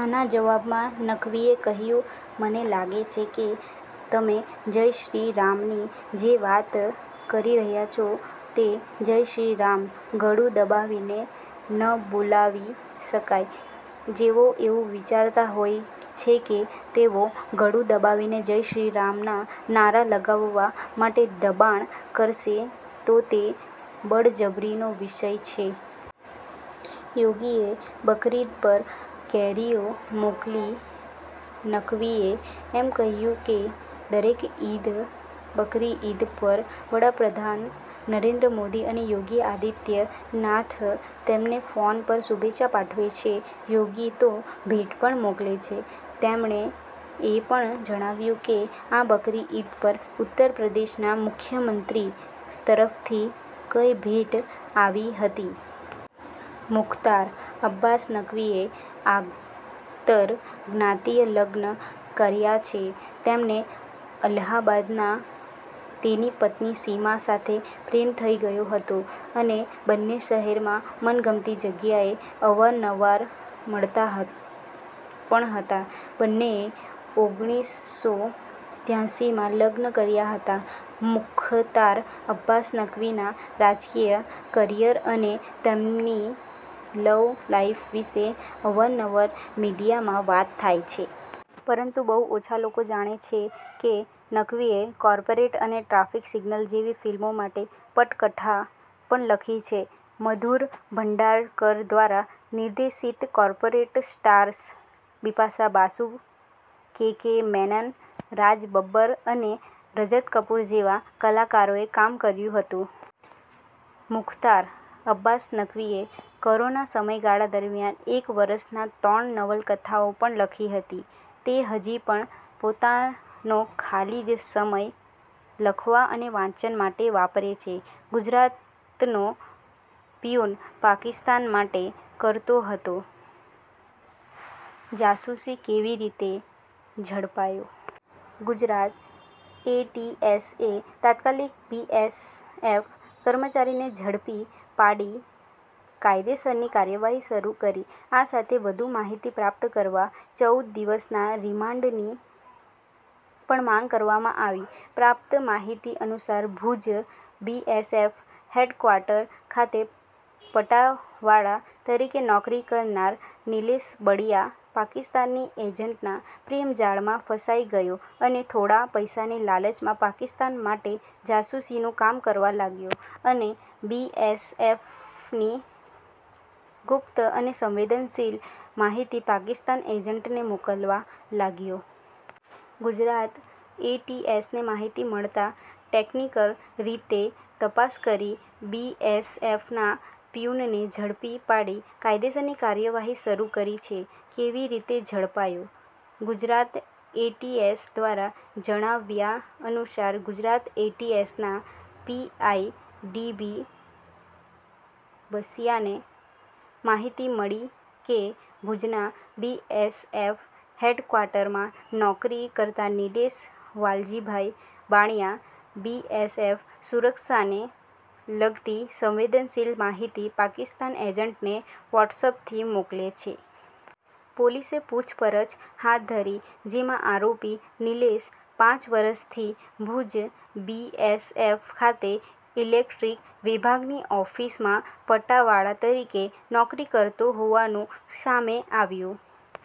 આના જવાબમાં નકવીએ કહ્યું, "મને લાગે છે કે, તમે જય શ્રી રામની જે વાત કરી રહ્યા છો, તે જય શ્રી રામ ગળુ દબાવીને ન બોલાવી શકાય. જેઓ એવું વિચારતા હોય છે કે તેઓ ગળુ દબાવીને જય શ્રી રામના નારા લગાવવા માટે દબાણ કરશે તો તે બળજબરીનો વિષય છે. યોગીએ બકરીદ પર કેરીઓ મોકલી નકવીએ એમ પણ કહ્યું કે, દરેક ઈદ-બકરીઈદ પર વડાપ્રધાન નરેન્દ્ર મોદી અને યોગી આદિત્ય નાથ તેમને ફોન પર શુભેચ્છા પાઠવે છે. યોગી તો ભેટ પણ મોકલે છે. તેમણે એ પણ જણાવ્યું કે, આ બકરી ઈદ પર ઉત્તર પ્રદેશના મુખ્યમંત્રી તરફથી કઈ ભેટ આવી હતી. મુખ્તાર અબ્બાસ નકવીએ આંતરજ્ઞાતિય લગ્ન કર્યા છે. તેમને અલ્હાબાદમાં તેની પત્ની સીમા સાથે પ્રેમ થઈ ગયો હતો અને બંને શહેરમાં મનગમતી જગ્યાએ અવારનવાર મળતા પણ હતા. બંનેએ ઓગણીસસો ત્યાસીમાં લગ્ન કર્યા હતા. મુખ્તાર અબ્બાસ નકવીના રાજકીય કરિયર અને તેમની લવ લાઈફ વિશે અવાર નવાર મીડિયામાં વાત થાય છે. પરંતુ બહુ ઓછા લોકો જાણે છે કે, નકવીએ કોર્પોરેટ અને ટ્રાફિક સિગ્નલ જેવી ફિલ્મો માટે પટકથા પણ લખી છે. મધુર ભંડારકર દ્વારા નિર્દેશિત, 'કોર્પોરેટ' સ્ટાર્સ બિપાશા બાસુ, કે. કે. મેનન, રાજ બબ્બર અને રજત કપૂર જેવા કલાકારોએ કામ કર્યું હતું. મુખ્તાર અબ્બાસ નકવીએ કોરોના સમયગાળા દરમિયાન એક વર્ષમાં ત્રણ નવલકથાઓ પણ લખી હતી. તે હજી પણ પોતાનો ખાલી સમય લખવા અને વાંચવા માટે વાપરે છે. ગુજરાતનો પ્યૂન પાકિસ્તાન માટે કરતો હતો જાસુસી, કેવી રીતે ઝડપાયો? ગુજરાત એટીએસએ તત્કાલીક બીએસએફ કર્મચારીને ઝડપી પાડી કાયદેસરની કાર્યવાહી શરૂ કરી. આ સાથે વધુ માહિતી પ્રાપ્ત કરવા ચૌદ દિવસના રિમાન્ડની પણ માંગ કરવામાં આવી છે. પ્રાપ્ત માહિતી અનુસાર, ભુજ બીએસએફ હેડક્વાર્ટર ખાતે પટાવાળા તરીકે નોકરી કરનાર નિલેશ બળિયા પાકિસ્તાની એજન્ટના પ્રેમજાળમાં ફસાઈ ગયો અને થોડા પૈસાની લાલચમાં પાકિસ્તાન માટે જાસૂસીનું કામ કરવા લાગ્યો અને બીએસએફની ગુપ્ત અને સંવેદનશિલ માહિતી પાકિસ્તાન એજન્ટને મોકલવા લાગ્યો. ગુજરાત એટીએસને માહિતી મળતા ટેક્નિકલ રીતે તપાસ કરી બીએસએફના પ્યૂનને ઝડપી પાડી કાયદેસરની કાર્યવાહી શરૂ કરી છે. કેવી રીતે ઝડપાયો? ગુજરાત એટીએસ દ્વારા જણાવ્યા અનુસાર, ગુજરાત એટીએસના પીઆઈ ડી બી બસીયાને માહિતી મળી કે, ભુજના બીએસએફ હેડક્વાર્ટરમાં નોકરી કરતા નિલેષ વાલજીભાઈ બળીયા બીએસએફ સુરક્ષાને લગતી સંવેદનશિલ માહિતી પાકિસ્તાનના એજન્ટને વોટ્સઅપથી મોકલે છે. પોલીસે પૂછપરછ હાથ ધરી, જેમાં આરોપી નિલેષ પાંચ વર્ષથી ભુજ બીએસએફ ખાતે ઈલેક્ટ્રીક વિભાગની ઓફિસમાં પટાવાળા તરીકે નોકરી કરતો હોવાનું સામે આવ્યું.